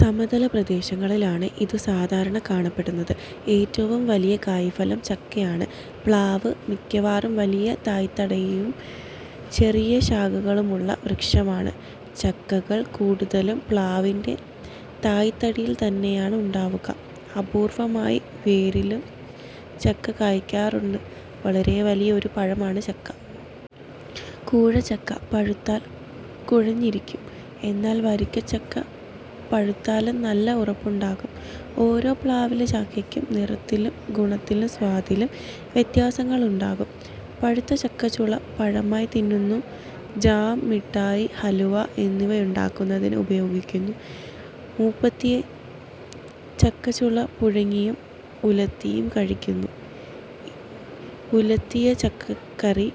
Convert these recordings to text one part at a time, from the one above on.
സമതല പ്രദേശങ്ങളിൽ ആണ് ഇതു സാധാരണ കാണപ്പെടുന്നത്. ഏറ്റവും വലിയ കായ്ഫലം ചക്കയാണ്. പ്ലാവ് മിക്കവാറും വലിയ തായ്ത്തടിയും ചെറിയ ശാഖകളുമുള്ള വൃക്ഷമാണ്. ചക്കകൾ കൂടുതലും പ്ലാവിന്റെ തായ്തടിയിൽ തന്നെയാണ് ഉണ്ടാവുക. അപൂർവ്വമായി വേരിലും ചക്ക കായ്ക്കാറുണ്ട്. വളരെ വലിയ ഒരു പഴം ആണ് ചക്ക. കൂഴ ചക്ക പഴുത്താൽ കുഴഞ്ഞിരിക്കും. എന്നാൽ വരിക്ക പഴുത്താലും നല്ല ഉറപ്പുണ്ടാകും. ഓരോ പ്ലാവിലെ ചക്കയ്ക്കും നിറത്തിലും ഗുണത്തിലും സ്വാദിലും വ്യത്യാസങ്ങൾ ഉണ്ടാകും. പഴുത്ത ചക്കച്ചുള പഴമായി തിന്നുന്നു. ജാം, മിഠായി, ഹലുവ എന്നിവയുണ്ടാക്കുന്നതിന് ഉപയോഗിക്കുന്നു. മൂപ്പെത്തിയ ചക്കച്ചുള പുഴുങ്ങിയും ഉലത്തിയും കഴിക്കുന്നു. ഉലത്തിയ ചക്കക്കറി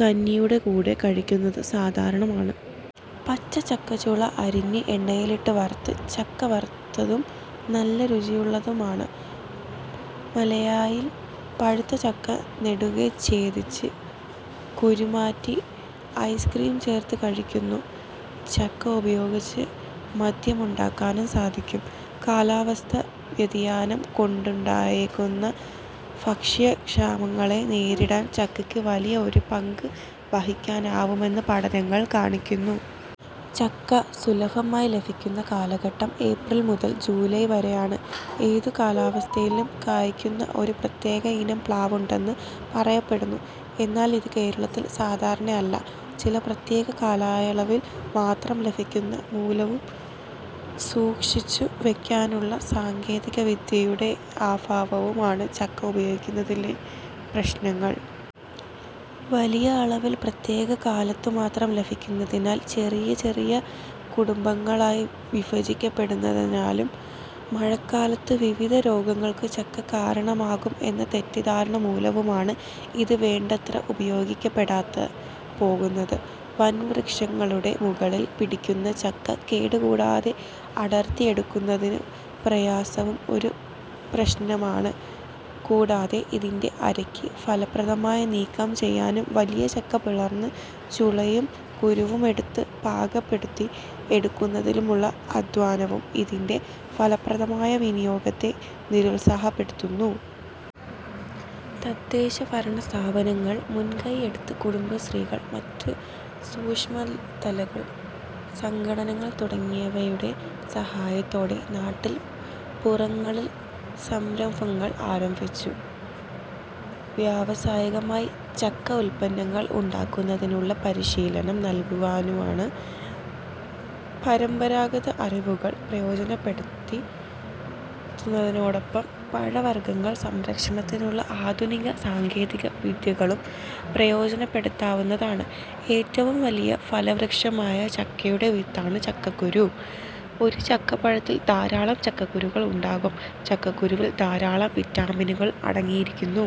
കഞ്ഞിയുടെ കൂടെ കഴിക്കുന്നത് സാധാരണമാണ്. പച്ച ചക്കച്ചുള അരിഞ്ഞ് എണ്ണയിലിട്ട് വറുത്ത് ചക്കവറുത്തതും നല്ല രുചിയുള്ളതാണ്. മലയായിൽ പഴുത്ത ചക്ക നെടുകെ ഛേദിച്ച് കുരുമാറ്റി ഐസ്ക്രീം ചേർത്ത് കഴിക്കുന്നു. ചക്ക ഉപയോഗിച്ച് മദ്യം ഉണ്ടാക്കാനും സാധിക്കും. കാലാവസ്ഥാ വ്യതിയാനം കൊണ്ടുണ്ടായേക്കാവുന്ന ഭക്ഷ്യക്ഷാമങ്ങളെ നേരിടാൻ ചക്കയ്ക്ക് വലിയ ഒരു പങ്ക് വഹിക്കാനാവുമെന്ന് പഠനങ്ങൾ കാണിക്കുന്നു. ചക്ക സുലഭമായി ലഭിക്കുന്ന കാലഘട്ടം ഏപ്രിൽ മുതൽ ജൂലായ് വരെയാണ്. ഏതു കാലാവസ്ഥയിലും കായ്ക്കുന്ന ഒരു പ്രത്യേക ഇനം പ്ലാവ് ഉണ്ടെന്നു പറയപ്പെടുന്നു. എന്നാൽ ഇതു കേരളത്തിൽ സാധാരണയല്ല. ചില പ്രത്യേക കാലയളവിൽ മാത്രം ലഭിക്കുന്നതു മുലവും സൂക്ഷിച്ചു വെയ്ക്കാനുള്ള സാങ്കേതിക വിദ്യയുടെ അഭാവവും ആണ് ചക്ക ഉപയോഗിക്കുന്നതിലെ പ്രശ്നങ്ങൾ. വലിയ അളവിൽ പ്രത്യേക കാലത്തു മാത്രം ലഭിക്കുന്നതിനാലും, ചെറിയ ചെറിയ കുടുംബങ്ങളായി വിഭജിക്കപ്പെട്ടതിനാലും, മഴക്കാലത്തു വിവിധ രോഗങ്ങൾക്കു ചക്ക കാരണമാകും എന്ന തെറ്റിദ്ധാരണ മൂലവും ആണ് ഇത് വേണ്ടത്ര ഉപയോഗിക്കപ്പെടാതെ പോകുന്നത്. വൻ വൃക്ഷങ്ങളുടെ മുകളിൽ പിടിക്കുന്ന ചക്ക കേടു കൂടാതെ അടർത്തി എടുക്കുന്നതിനുള്ള പ്രയാസവും ഒരു പ്രശ്നമാണ് കൂടാതെ ഇതിന്റെ അരക്ക് ഫലപ്രദമായി നീക്കം ചെയ്യാനും വലിയ ചക്ക പിളർന്നു ചുളയും കുരുവും എടുത്ത് പാകപ്പെടുത്തി എടുക്കുന്നതിലുള്ള അധ്വാനവും ഇതിന്റെ ഫലപ്രദമായ വിനിയോഗത്തെ നിരുത്സാഹപ്പെടുത്തുന്നു. തദ്ദേശ ഭരണ സ്ഥാപനങ്ങൾ മുൻകൈ എടുത്ത് കുടുംബശ്രീകൾ, മറ്റു സൂക്ഷ്മതല സംഘടനകൾ തുടങ്ങിയവയുടെ സഹായത്തോടെ നാട്ടിൻ പുറങ്ങളിൽ സംരംഭങ്ങൾ ആരംഭിച്ചു വ്യാവസായികമായി ചക്കഉല്പന്നങ്ങൾ ഉണ്ടാക്കുന്നതിനുള്ള പരിശീലനം നല്കാവുന്നതാണ്. പരമ്പരാഗത അറിവുകൾ പ്രയോജനപ്പെടുത്തുന്നതോടൊപ്പം പഴവർഗ്ഗ സംരക്ഷണത്തിനുള്ള ആധുനിക സാങ്കേതിക വിദ്യകളും പ്രയോജനപ്പെടുത്താവുന്നതാണ്. ഏറ്റവും വലിയ ഫലവൃക്ഷമായ ചക്കയുടെ വിത്താണ് ചക്കക്കുരു. ഒരു ചക്കപ്പഴത്തിൽ ധാരാളം ചക്കകുരുക്കൾ ഉണ്ടാകും. ചക്കക്കുരുവിൽ ധാരാളം വിറ്റാമിനുകൾ അടങ്ങിയിരിക്കുന്നു.